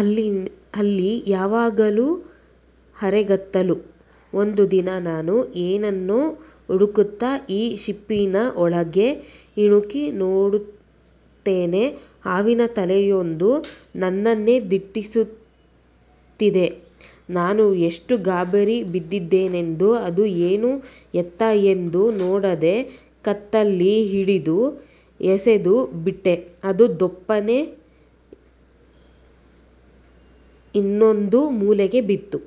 ಅಲ್ಲಿ ಯಾವಾಗಲೂ ಅರೆಗತ್ತಲು. ಒಂದು ದಿನ ನಾನು ಏನನ್ನೋ ಹುಡುಕುತ್ತಾ ಈ ಶೆಲ್ಫಿನ ಒಳಗೆ ಇಣುಕಿ ನೋಡುತ್ತೇನೆ ಹಾವಿನ ತಲೆಯೊಂದು ನನ್ನನ್ನೇ ದಿಟ್ಟಿಸುತ್ತಿದೆ. ನಾನು ಎಷ್ಟು ಗಾಬರಿಬಿದ್ದೆನೆಂದರೆ, ಅದು ಏನು ಎತ್ತ ಎಂದು ನೋಡದೇ ಕತ್ತಲ್ಲಿ ಹಿಡಿದು ಎಸೆದು ಬಿಟ್ಟೆ ಅದು ದೊಪ್ಪನೇ ಇನ್ನೊಂದು ಮೂಲೆಗೆ ಬಿತ್ತು.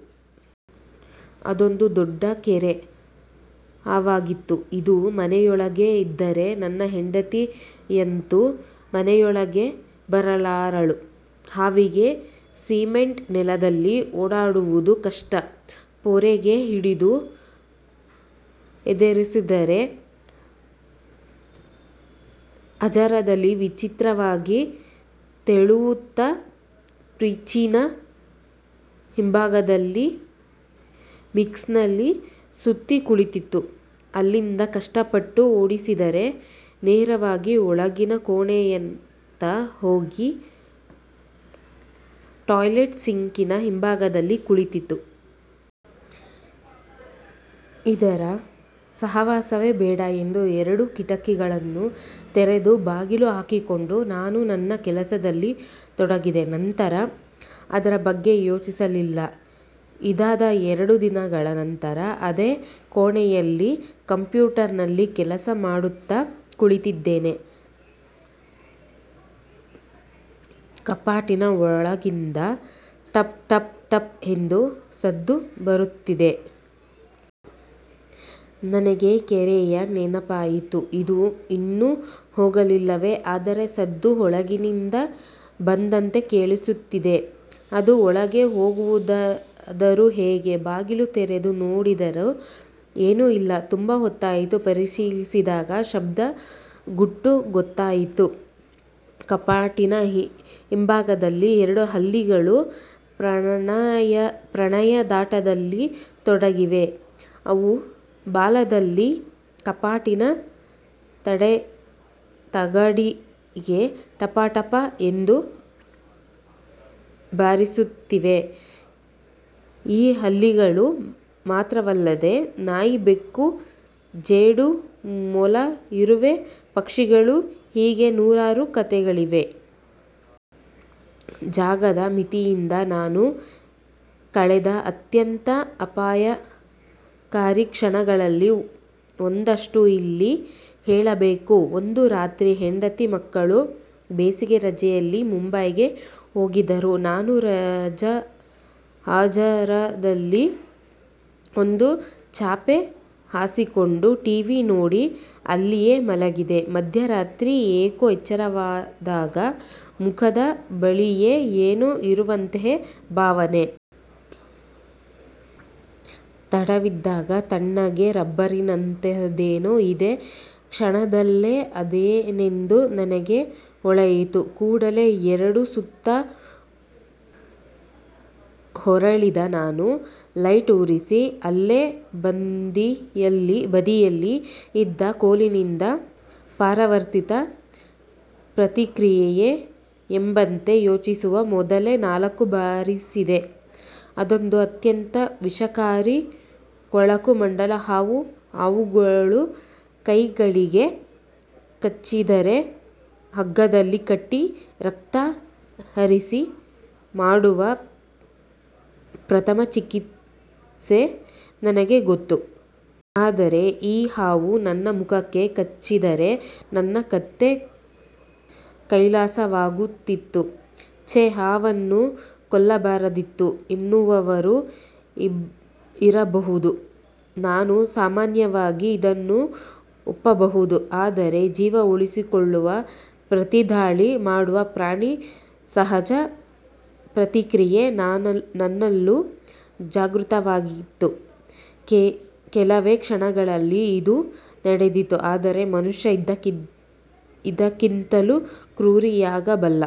ಅದೊಂದು ದೊಡ್ಡ ಕೇರೆ ಹಾವಾಗಿತ್ತು. ಇದು ಮನೆಯೊಳಗೆ ಇದ್ದರೆ, ನನ್ನ ಹೆಂಡತಿಯಂತೂ ಮನೆಯೊಳಗೆ ಬರಲಾರಳು! ಹಾವಿಗೆ ಸಿಮೆಂಟ್ ನೆಲದಲ್ಲಿ ಓಡಾಡುವುದು ಕಷ್ಟ. ಪೊರಕೆ ಹಿಡಿದು ಹೆದರಿಸಿದರೆ ಹಜಾರದಲ್ಲಿ ವಿಚಿತ್ರವಾಗಿ ತೆವಳುತ್ತಾ ಫ್ರಿಜ್ಜಿನ ಹಿಂಭಾಗದ ಮೆಷ್ನಲ್ಲಿ ಸುತ್ತಿ ಕುಳಿತಿತು. ಅಲ್ಲಿಂದ ಕಷ್ಟಪಟ್ಟು ಓಡಿಸಿದರೆ ನೇರವಾಗಿ ಒಳಗಿನ ಕೋಣೆಯತ್ತ ಹೋಗಿ ಟಾಯ್ಲೆಟ್ ಸಿಂಕಿನ ಹಿಂಭಾಗದಲ್ಲಿ ಕುಳಿತಿತು. ಇದರ ಸಹವಾಸವೇ ಬೇಡ ಎಂದು ಎರಡೂ ಕಿಟಕಿಗಳನ್ನು ತೆರೆದು ಬಾಗಿಲು ಹಾಕಿಕೊಂಡು ನಾನು ನನ್ನ ಕೆಲಸದಲ್ಲಿ ತೊಡಗಿದೆ. ನಂತರ ಅದರ ಬಗ್ಗೆ ಯೋಚಿಸಲಿಲ್ಲ. ಇದಾದ ಎರಡು ದಿನಗಳ ನಂತರ ಅದೇ ಕೋಣೆಯಲ್ಲಿ ಕಂಪ್ಯೂಟರ್ನಲ್ಲಿ ಕೆಲಸ ಮಾಡುತ್ತಾ ಕುಳಿತಿದ್ದೇನೆ. ಕಪಾಟಿನ ಒಳಗಿಂದ ಟಪ್ ಟಪ್ ಟಪ್ ಎಂದು ಸದ್ದು ಬರುತ್ತಿದೆ. ನನಗೆ ಕೇರೆಯ ನೆನಪಾಯಿತು. ಇದು ಇನ್ನೂ ಹೋಗಿಲ್ಲವೇ ಆದರೆ ಸದ್ದು ಒಳಗಿನಿಂದ ಬಂದಂತೆ ಕೇಳಿಸುತ್ತಿದೆ. ಅದು ಒಳಗೆ ಹೋಗುವುದಾದರೂ ಹೇಗೆ? ಬಾಗಿಲು ತೆರೆದು ನೋಡಿದರೂ ಏನೂ ಇಲ್ಲ ತುಂಬಾ ಹೊತ್ತು ಪರಿಶೀಲಿಸಿದಾಗ ಶಬ್ದದ ಗುಟ್ಟು ಗೊತ್ತಾಯಿತು. ಕಪಾಟಿನ ಹಿಂಭಾಗದಲ್ಲಿ ಎರಡು ಹಲ್ಲಿಗಳು ಪ್ರಣಯದಾಟದಲ್ಲಿ ತೊಡಗಿವೆ. ಅವು ಬಾಲದಲ್ಲಿ ಕಪಾಟಿನ ತಗಡಿಗೆ ಟಪ್ ಟಪ್ ಎಂದು ಬಾರಿಸುತ್ತಿವೆ ಈ ಹಲ್ಲಿಗಳು ಮಾತ್ರವಲ್ಲದೆ ನಾಯಿ, ಬೆಕ್ಕು, ಜೇಡ, ಮೊಲ, ಇರುವೆ, ಪಕ್ಷಿಗಳು- ಹೀಗೆ ನೂರಾರು ಕತೆಗಳಿವೆ. ಜಾಗದ ಮಿತಿಯಿಂದ ನಾನು ಕಳೆದ ಅತ್ಯಂತ ಅಪಾಯಕಾರಿ ಕ್ಷಣಗಳಲ್ಲಿ ಒಂದಷ್ಟು ಇಲ್ಲಿ ಹೇಳಬೇಕು. ಒಂದು ರಾತ್ರಿ ಹೆಂಡತಿ ಮಕ್ಕಳು ಬೇಸಿಗೆ ರಜೆಯಲ್ಲಿ ಮುಂಬೈಗೆ ಹೋಗಿದ್ದರು. ನಾನು ಹಜಾರದಲ್ಲಿ ಒಂದು ಚಾಪೆ ಹಾಸಿಕೊಂಡು ಟಿ. ವಿ. ನೋಡಿ ಅಲ್ಲಿಯೇ ಮಲಗಿದ್ದೆ. ಮಧ್ಯರಾತ್ರಿ ಏಕೋ ಎಚ್ಚರವಾದಾಗ ಮುಖದ ಬಳಿಯೇ ಏನೋ ಇರುವಂತಹ ಭಾವನೆ. ತಡವಿದಾಗ ತಣ್ಣಗೆ ರಬ್ಬರಿನಂತಹದ್ದೇನೋ ಇದೆ ಕ್ಷಣದಲ್ಲೇ ಅದೇನೆಂದು ನನಗೆ ಹೊಳೆಯಿತು. ಕೂಡಲೇ ಎರಡು ಸುತ್ತು ಹೊರಳಿದ ನಾನು ಲೈಟ್ ಉರಿಸಿ, ಅಲ್ಲೇ ಬದಿಯಲ್ಲಿ ಇದ್ದ ಕೋಲಿನಿಂದ ಪರಾವರ್ತಿತ ಪ್ರತಿಕ್ರಿಯೆ ಎಂಬಂತೆ, ಯೋಚಿಸುವ ಮೊದಲೇ ನಾಲ್ಕು ಬಾರಿಸಿದೆ. ಅದೊಂದು ಅತ್ಯಂತ ವಿಷಕಾರಿ ಕೊಳಕು ಮಂಡಲ ಹಾವು. ಹಾವುಗಳು ಕೈ ಕಾಲಿಗೆ ಕಚ್ಚಿದರೆ ಹಗ್ಗದಲ್ಲಿ ಕಟ್ಟಿ, ರಕ್ತ ಹರಿಸಿ ಮಾಡುವ ಪ್ರಥಮ ಚಿಕಿತ್ಸೆ ನನಗೆ ಗೊತ್ತು. ಆದರೆ ಈ ಹಾವು ನನ್ನ ಮುಖಕ್ಕೆ ಕಚ್ಚದ್ದರೆ ನನ್ನ ಕತೆ ಕೈಲಾಸವಾಗುತ್ತಿತ್ತು. ಛೇ ಹಾವನ್ನು ಕೊಲ್ಲಬಾರದಿತ್ತು ಎನ್ನುವವರು ಇರಬಹುದು. ನಾನು ಸಾಮಾನ್ಯವಾಗಿ ಇದನ್ನು ಒಪ್ಪಬಹುದು. ಆದರೆ, ಜೀವ ಉಳಿಸಿಕೊಳ್ಳಲು ಪ್ರತಿದಾಳಿ ಮಾಡುವ ಪ್ರಾಣಿ ಸಹಜ ಪ್ರತಿಕ್ರಿಯೆ ನನ್ನಲ್ಲೂ ಜಾಗೃತವಾಗಿತ್ತು. ಕೆಲವೇ ಕ್ಷಣಗಳಲ್ಲಿ ಇದು ನಡೆದಿತ್ತು. ಆದರೆ ಮನುಷ್ಯ ಇದಕ್ಕಿಂತಲೂ ಕ್ರೂರಿಯಾಗಬಲ್ಲ.